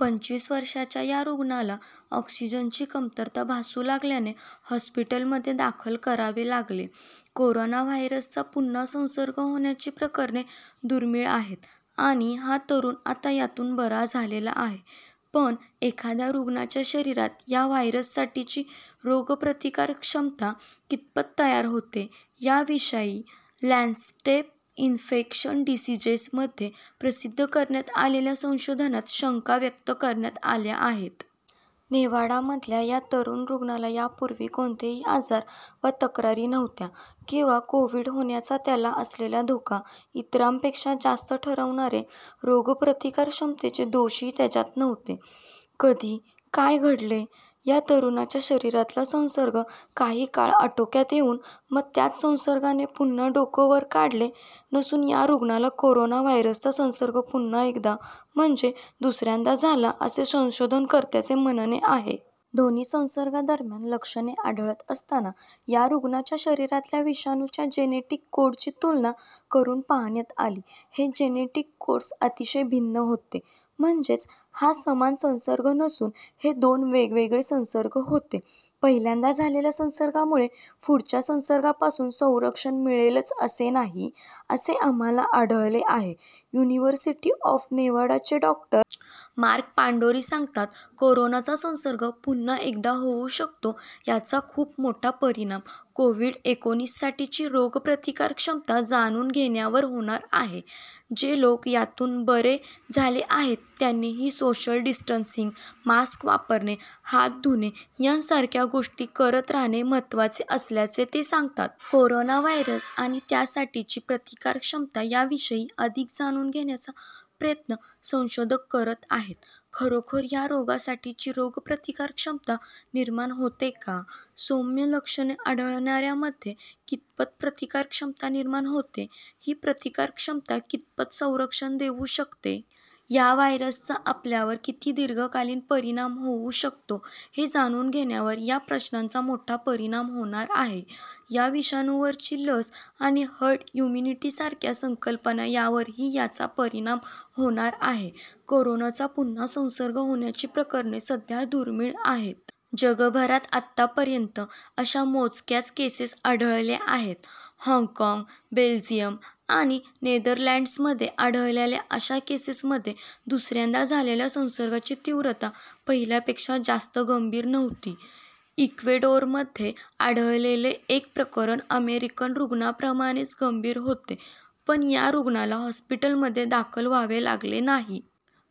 पंचवीस वर्षांच्या या रुग्णाला ऑक्सिजनची कमतरता भासू लागल्याने हॉस्पिटलमध्ये दाखल करावे लागले. कोरोना व्हायरसचा पुन्हा संसर्ग होण्याची प्रकरणे दुर्मिळ आहेत आणि हा तरुण आता यातून बरा झालेला आहे. पण एखाद्या रुग्णाच्या शरीरात या व्हायरससाठीची रोगप्रतिकारक्षमता कितपत तयार होते, याविषयी 'लॅन्सेट इन्फेक्शस डिसीजेस'मध्ये प्रसिद्ध करण्यात आलेल्या संशोधनात शंका व्यक्त करण्यात आल्या आहेत. नेव्हाडामधल्या या तरुण रुग्णाला यापूर्वी कोणतेही आजार वा तक्रारी नव्हत्या. किंवा कोव्हिड होण्याचा त्याला असलेला धोका इतरांपेक्षा जास्त ठरवणारे रोगप्रतिकारक्षमतेचे दोषही त्याच्यात नव्हते. कधी, काय घडले? या तरुणाच्या शरीरातला संसर्ग काही काळ आटोक्यात येऊन मग त्याच संसर्गाने पुन्हा डोकं वर काढले नसून या रुग्णाला कोरोना व्हायरसचा संसर्ग पुन्हा एकदा म्हणजे दुसऱ्यांदा झाला असे संशोधनकर्त्यांचे म्हणणे आहे. दोन्ही संसर्गांदरम्यान लक्षणे आढळत असताना, या रुग्णाच्या शरीरातल्या विषाणूच्या जेनेटिक कोडची तुलना करून पाहण्यात आली. हे जेनेटिक कोड्स अतिशय भिन्न होते. म्हणजेच हा समान संसर्ग नसून हे दोन वेगवेगळे संसर्ग होते. "पहिल्यांदा झालेल्या संसर्गामुळे पुढच्या संसर्गांपासून संरक्षण मिळेलच असे नाही, असे आम्हाला आढळले आहे," युनिव्हर्सिटी ऑफ नेव्हाडाचे डॉ. मार्क पांडोरी सांगतात. "कोरोनाचा संसर्ग पुन्हा एकदा होऊ शकतो याचा खूप मोठा परिणाम कोव्हिड-एकोणीससाठीची रोगप्रतिकारक्षमता जाणून घेण्यावर होणार आहे." जे लोक यातून बरे झाले आहेत त्यांनीही सोशल डिस्टन्सिंग, मास्क वापरणे, हात धुणे यासारख्या गोष्टी करत राहणे महत्त्वाचे असल्याचे ते सांगतात. कोरोना व्हायरस आणि त्यासाठीची प्रतिकारक्षमता याविषयी अधिक जाणून घेण्याचा प्रयत्न संशोधक करत आहेत. खरोखर या रोगासाठीची रोगप्रतिकारक्षमता निर्माण होते का? सौम्य लक्षणे आढळणाऱ्यांमध्ये कितपत प्रतिकारक्षमता निर्माण होते? ही प्रतिकारक्षमता कितपत संरक्षण देऊ शकते? या व्हायरसचा आपल्यावर किती दीर्घकालीन परिणाम होऊ शकतो हे जाणून घेण्यावर या प्रश्नांचा मोठा परिणाम होणार आहे. या विषाणूवरची लस आणि हर्ड इम्युनिटीसारख्या संकल्पना यावरही याचा परिणाम होणार आहे. कोरोनाचा पुन्हा संसर्ग होण्याची प्रकरणे सध्या दुर्मिळ आहेत. जगभरात आतापर्यंत अशा मोजक्याच केसेस आढळल्या आहेत. हाँगकाँग, बेल्जियम आणि नेदरलँड्समध्ये आढळलेल्या अशा केसेसमध्ये दुसऱ्यांदा झालेल्या संसर्गाची तीव्रता पहिल्यापेक्षा जास्त गंभीर नव्हती. इक्वेडोरमध्ये आढळलेले एक प्रकरण अमेरिकन रुग्णाप्रमाणेच गंभीर होते, पण या रुग्णाला हॉस्पिटलमध्ये दाखल व्हावे लागले नाही.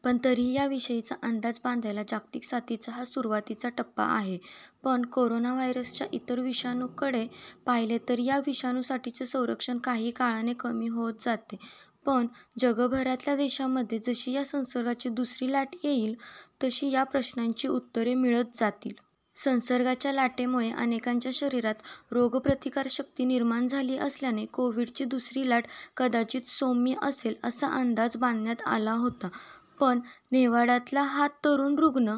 पण तरीही याविषयीचा अंदाज बांधायला जागतिक साथीचा हा सुरुवातीचा टप्पा आहे. पण कोरोना व्हायरसच्या इतर विषाणूंकडे पाहिले तर या विषाणूसाठीचे संरक्षण काही काळाने कमी होत जाते. पण जगभरातल्या देशांमध्ये जशी या संसर्गाची दुसरी लाट येईल, तशी या प्रश्नांची उत्तरे मिळत जातील. संसर्गाच्या लाटेमुळे अनेकांच्या शरीरात रोगप्रतिकारशक्ती निर्माण झाली असल्याने कोव्हिडची दुसरी लाट कदाचित सौम्य असेल असा अंदाज बांधण्यात आला होता. पण नेव्हाडातला हा तरुण रुग्ण